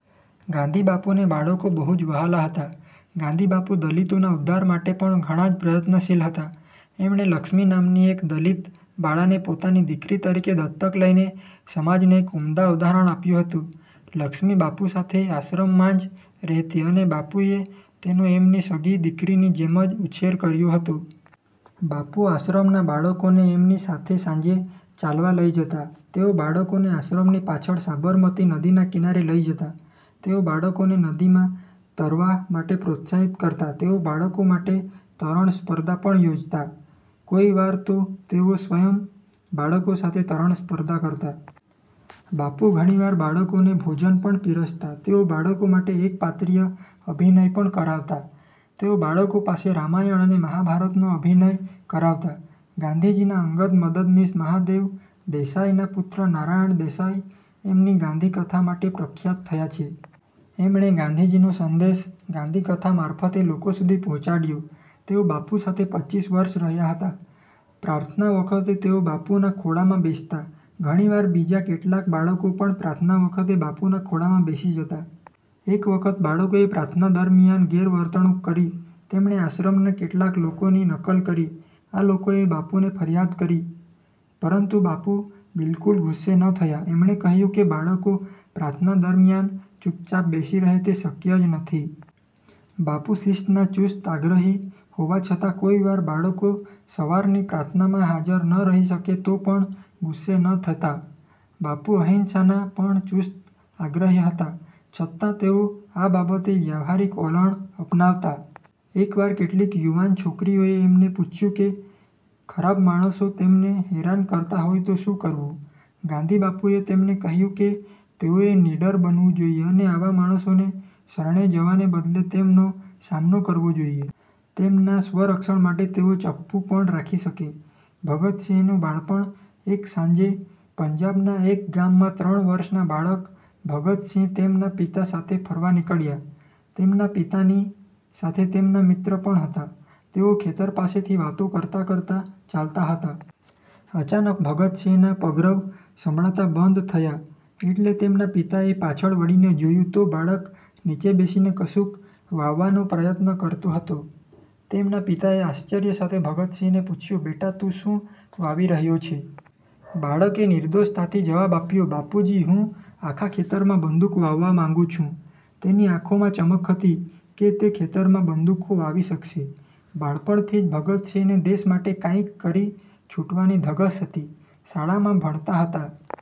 ગાંધીબાપુને બાળકો બહુ જ વહાલાં હતા. ગાંધીબાપુ દલિતોના ઉદ્ધાર માટે પણ ઘણા જ પ્રયત્નશીલ હતા. એમણે લક્ષ્મી નામની એક દલિત બાળાને પોતાની દીકરી તરીકે દત્તક લઇને સમાજને એક ઉમદા ઉદાહરણ આપ્યું હતું. લક્ષ્મી બાપુ સાથે આશ્રમમાં જ રહેતી, અને બાપુએ તેનો એમની સગી દીકરીની જેમ જ ઉછેર કર્યો હતો. બાપુ આશ્રમના બાળકોને એમની સાથે સાંજે ચાલવા લઇ જતા. તેઓ બાળકોને આશ્રમની પાછળ સાબરમતી નદીના કિનારે લઇ જતા. તેઓ બાળકોને નદીમાં તરવા માટે પ્રોત્સાહિત કરતા. તેઓ બાળકો માટે તરણ સ્પર્ધા પણ યોજતા. કોઈ વાર તો તેઓ સ્વયં બાળકો સાથે તરણ સ્પર્ધા કરતા. બાપુ ઘણી વાર બાળકોને ભોજન પણ પીરસતા. તેઓ બાળકો માટે એકપાત્રીય અભિનય પણ કરાવતા. તેઓ બાળકો પાસે રામાયણ અને મહાભારતનો અભિનય કરાવતા. ગાંધીજીના અંગત મદદનીશ મહાદેવ દેસાઈના પુત્ર નારાયણ દેસાઈ એમની ગાંધી કથા માટે પ્રખ્યાત થયા છે. એમણે ગાંધીજીનો સંદેશ "ગાંધીકથા" મારફતે લોકો સુધી પહોંચાડયો. તેઓ બાપુ સાથે પચ્ચીસ વર્ષ રહ્યા હતા. પ્રાર્થના વખતે તેઓ બાપુના ખોળામાં બેસતા. ઘણી વાર બીજા કેટલાક બાળકો પણ પ્રાર્થના વખતે બાપુના ખોળામાં બેસી જતા. એક વખત બાળકોએ પ્રાર્થના દરમ્યાન ગેરવર્તણુંક કરી. તેમણે આશ્રમના કેટલાક લોકોની નકલ કરી. આ લોકોએ બાપુને ફરિયાદ કરી, પરંતુ બાપુ બિલકુલ ગુસ્સે ન થયા. એમણે કહ્યું કે બાળકો પ્રાર્થના દરમ્યાન ચૂપચાપ બેસી રહે તે શક્ય જ નથી. બાપુ શિસ્તના ચુસ્ત આગ્રહી હોવા છતાં કોઈ વાર બાળકો સવારની પ્રાર્થનામાં હાજર ન રહી શકે તો પણ ગુસ્સે ન થતા. બાપુ અહિંસાના પણ ચુસ્ત આગ્રહી હતા, છતાં તેઓ આ બાબતે વ્યાવહારિક વલણ અપનાવતા. એક વાર કેટલીક યુવાન છોકરીઓએ એમને પૂછ્યું કે ખરાબ માણસો તેમને હેરાન કરતા હોય તો શું કરવું? ગાંધીબાપુએ તેમને કહ્યું કે તેઓએ નીડર બનવું જોઈએ અને આવા માણસોને શરણે જવાને બદલે તેમનો સામનો કરવો જોઈએ. તેમના સ્વરક્ષણ માટે તેઓ ચપ્પુ પણ રાખી શકે! ભગતસિંહનું બાળપણ: એક સાંજે પંજાબના એક ગામમાં ત્રણ વર્ષના બાળક ભગતસિંહ તેમના પિતા સાથે ફરવા નીકળ્યા. તેમના પિતાની સાથે તેમના મિત્ર પણ હતા. તેઓ ખેતર પાસેથી વાતો કરતા-કરતા ચાલતા હતા. અચાનક ભગતસિંહના પગરવ સંભળાતા બંધ થયા એટલે તેમના પિતાએ પાછળ વળીને જોયું, તો બાળક નીચે બેસીને કશુંક વાવવાનો પ્રયત્ન કરતો હતો. તેમના પિતાએ આશ્ચર્ય સાથે ભગતસિંહને પૂછ્યું, "બેટા, તું શું વાવી રહ્યો છે?" બાળકે નિર્દોષતાથી જવાબ આપ્યો, "બાપુજી, હું આખા ખેતરમાં બંદૂક વાવવા માંગુ છું." તેની આંખોમાં ચમક હતી કે તે ખેતરમાં બંદૂકો વાવી શકશે. બાળપણથી જ ભગતસિંહને દેશ માટે કાઇંક કરી છૂટવાની ધગશ હતી. શાળામાં ભણતા હતા